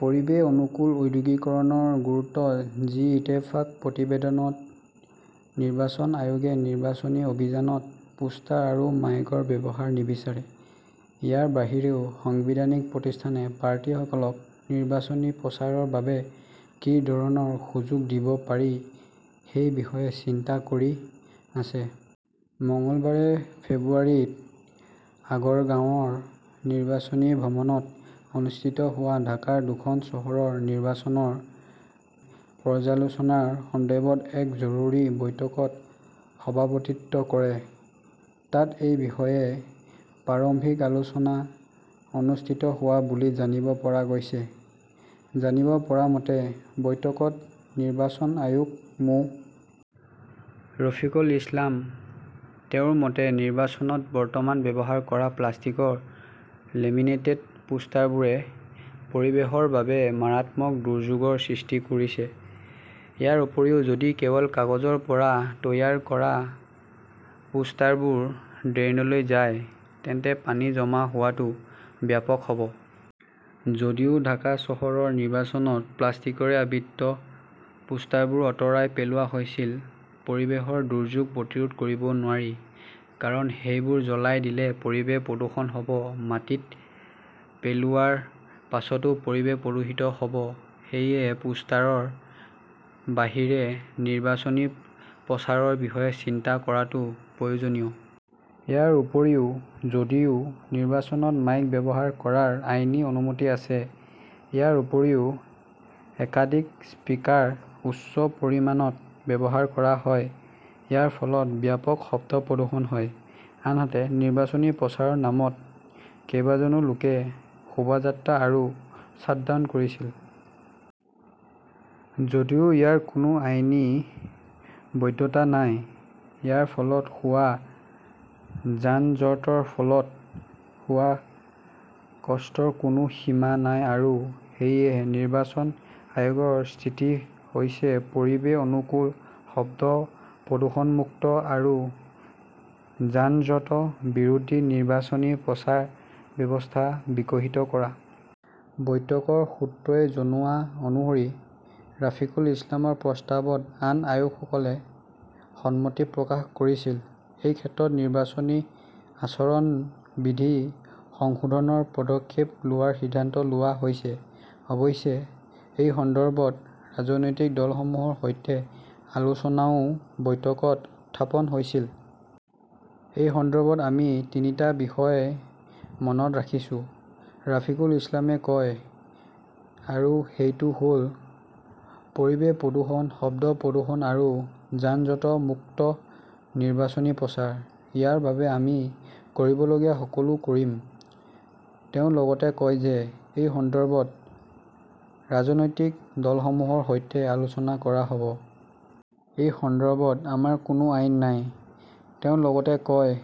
পৰিৱেশ অনুকূল ঔদ্যোগিকৰণৰ গুৰুত্ব জি ইত্তেফাক প্ৰতিবেদনত নিৰ্বাচন আয়োগে নিৰ্বাচনী অভিযানত পোষ্টাৰ আৰু মাইকৰ ব্যৱহাৰ নিবিচাৰে। ইয়াৰ বাহিৰেও সাংবিধানিক প্ৰতিষ্ঠানে প্ৰাৰ্থীসকলক নিৰ্বাচনী প্ৰচাৰৰ বাবে কি ধৰণৰ সুযোগ দিব পাৰি সেই বিষয়ে চিন্তা কৰি আছে। মঙলবাৰে ফেব্ৰুৱাৰীত আগৰগাঁওৰ নিৰ্বাচনী ভৱনত অনুষ্ঠিত হোৱা ঢাকাৰ দুখন চহৰৰ নিৰ্বাচনৰ পৰ্যালোচনাৰ সন্দৰ্ভত এক জৰুৰী বৈঠকত সভাপতিত্ব কৰে। তাত এই বিষয়ে প্ৰাৰম্ভিক আলোচনা অনুষ্ঠিত হোৱা বুলি জানিব পৰা গৈছে। জানিব পৰা মতে, বৈঠকত নিৰ্বাচন আয়ুক্ত মো. ৰাফিকুল ইছলাম। তেওঁৰ মতে, নিৰ্বাচনত বৰ্তমান ব্যৱহাৰ কৰা প্লাষ্টিকৰ লেমিনেটেড পোষ্টাৰবোৰে পৰিৱেশৰ বাবে মাৰাত্মক দুৰ্যোগৰ সৃষ্টি কৰিছে। ইয়াৰ উপৰিও, যদি কেৱল কাগজৰ পৰা তৈয়াৰ কৰা পোষ্টাৰবোৰ ড্ৰেইনলৈ যায়, তেন্তে পানী জমা হোৱাটো ব্যাপক হ'ব। যদিও ঢাকা চহৰৰ নিৰ্বাচনত প্লাষ্টিকৰে আবৃত পোষ্টাৰবোৰ আঁতৰাই পেলোৱা হৈছিল, পৰিৱেশৰ দুৰ্যোগ প্ৰতিৰোধ কৰিব নোৱাৰি। কাৰণ সেইবোৰ জ্বলাই দিলে পৰিৱেশ প্ৰদূষণ হ'ব। মাটিত পেলোৱাৰ পিছতো পৰিৱেশ প্ৰদূষিত হ'ব। সেয়েহে পোষ্টাৰৰ বাহিৰে নিৰ্বাচনী প্ৰচাৰৰ বিষয়ে চিন্তা কৰাটো প্ৰয়োজনীয়। ইয়াৰ উপৰিও, যদিও নিৰ্বাচনত মাইক ব্যৱহাৰ কৰাৰ আইনী অনুমতি আছে। ইয়াৰ উপৰিও একাধিক স্পিকাৰ উচ্চ পৰিমাণত ব্যৱহাৰ কৰা হয়। ইয়াৰ ফলত ব্যাপক শব্দ প্ৰদূষণ হয়। আনহাতে, নিৰ্বাচনী প্ৰচাৰৰ নামত কেইবাজনো লোকে শোভাযাত্ৰা আৰু শ্ব'ডাউন কৰিছিল। যদিও ইয়াৰ কোনো আইনী বৈধতা নাই। ইয়াৰ ফলত হোৱা যান-জঁটৰ ফলত হোৱা কষ্টৰ কোনো সীমা নাই আৰু সেয়েহে, নিৰ্বাচন আয়ুক্তৰ স্থিতি হৈছে পৰিৱেশ অনুকূল, শব্দ প্ৰদূষণমুক্ত আৰু যান-জঁট বিৰোধী নিৰ্বাচনী প্ৰচাৰ ব্যৱস্থা বিকশিত কৰা। বৈঠকৰ সূত্ৰই জনোৱা অনুসৰি ৰাফিকুল ইছলামৰ প্ৰস্তাৱত আন আয়ুক্তসকলে সন্মতি প্ৰকাশ কৰিছিল। এই ক্ষেত্ৰত নিৰ্বাচনী আচৰণ বিধি সংশোধনৰ পদক্ষেপ লোৱাৰ সিদ্ধান্ত লোৱা হৈছে। অৱশ্যে, এই সন্দৰ্ভত ৰাজনৈতিক দলসমূহৰ সৈতে আলোচনাও বৈঠকত উত্থাপন হৈছিল। এই সন্দৰ্ভত আমি তিনিটা বিষয় মনত ৰাখিছো, ৰাফিকল ইছলামে কয়। আৰু সেইটো হ'ল-পৰিৱেশ প্ৰদূষণ, শব্দ প্ৰদূষণ আৰু যান-জঁট-মুক্ত নিৰ্বাচনী প্ৰচাৰ। ইয়াৰ বাবে আমি কৰিবলগীয়া সকলো কৰিম। তেওঁ লগতে কয় যে, এই সন্দৰ্ভত ৰাজনৈতিক দলসমূহৰ সৈতে আলোচনা কৰা হ'ব। এই সন্দৰ্ভত আমাৰ কোনো আইন নাই, তেওঁ লগতে কয়।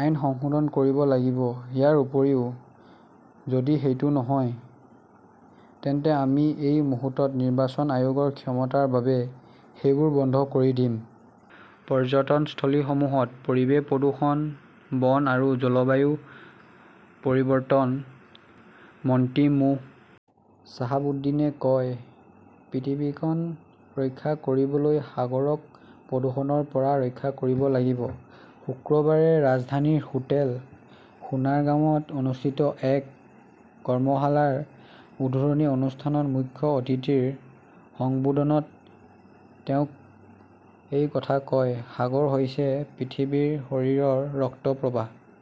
আইন সংশোধন কৰিব লাগিব। ইয়াৰ উপৰিও, যদি সেইটো নহয়, তেন্তে আমি এই মুহূৰ্তত নিৰ্বাচন আয়োগৰ ক্ষমতাৰ বাবে সেইবোৰ বন্ধ কৰি দিম। পৰ্যটনস্থলীসমূহত পৰিৱেশ প্ৰদূষণ, বন আৰু জলবায়ু পৰিৱৰ্তন মন্ত্ৰী মো. শ্বাহাব উদ্দিনে কয়, "পৃথিৱীখন ৰক্ষা কৰিবলৈ সাগৰক প্ৰদূষণৰ পৰা ৰক্ষা কৰিব লাগিব।" শুকুৰবাৰে ৰাজধানীৰ হোটেল সোনাৰগাঁৱত অনুষ্ঠিত এক কৰ্মশালাৰ উদ্বোধনী অনুষ্ঠানত মুখ্য অতিথিৰ সম্বোধনত তেওঁ এই কথা কয়,"সাগৰ হৈছে পৃথিৱীৰ শৰীৰৰ ৰক্ত প্ৰবাহ"।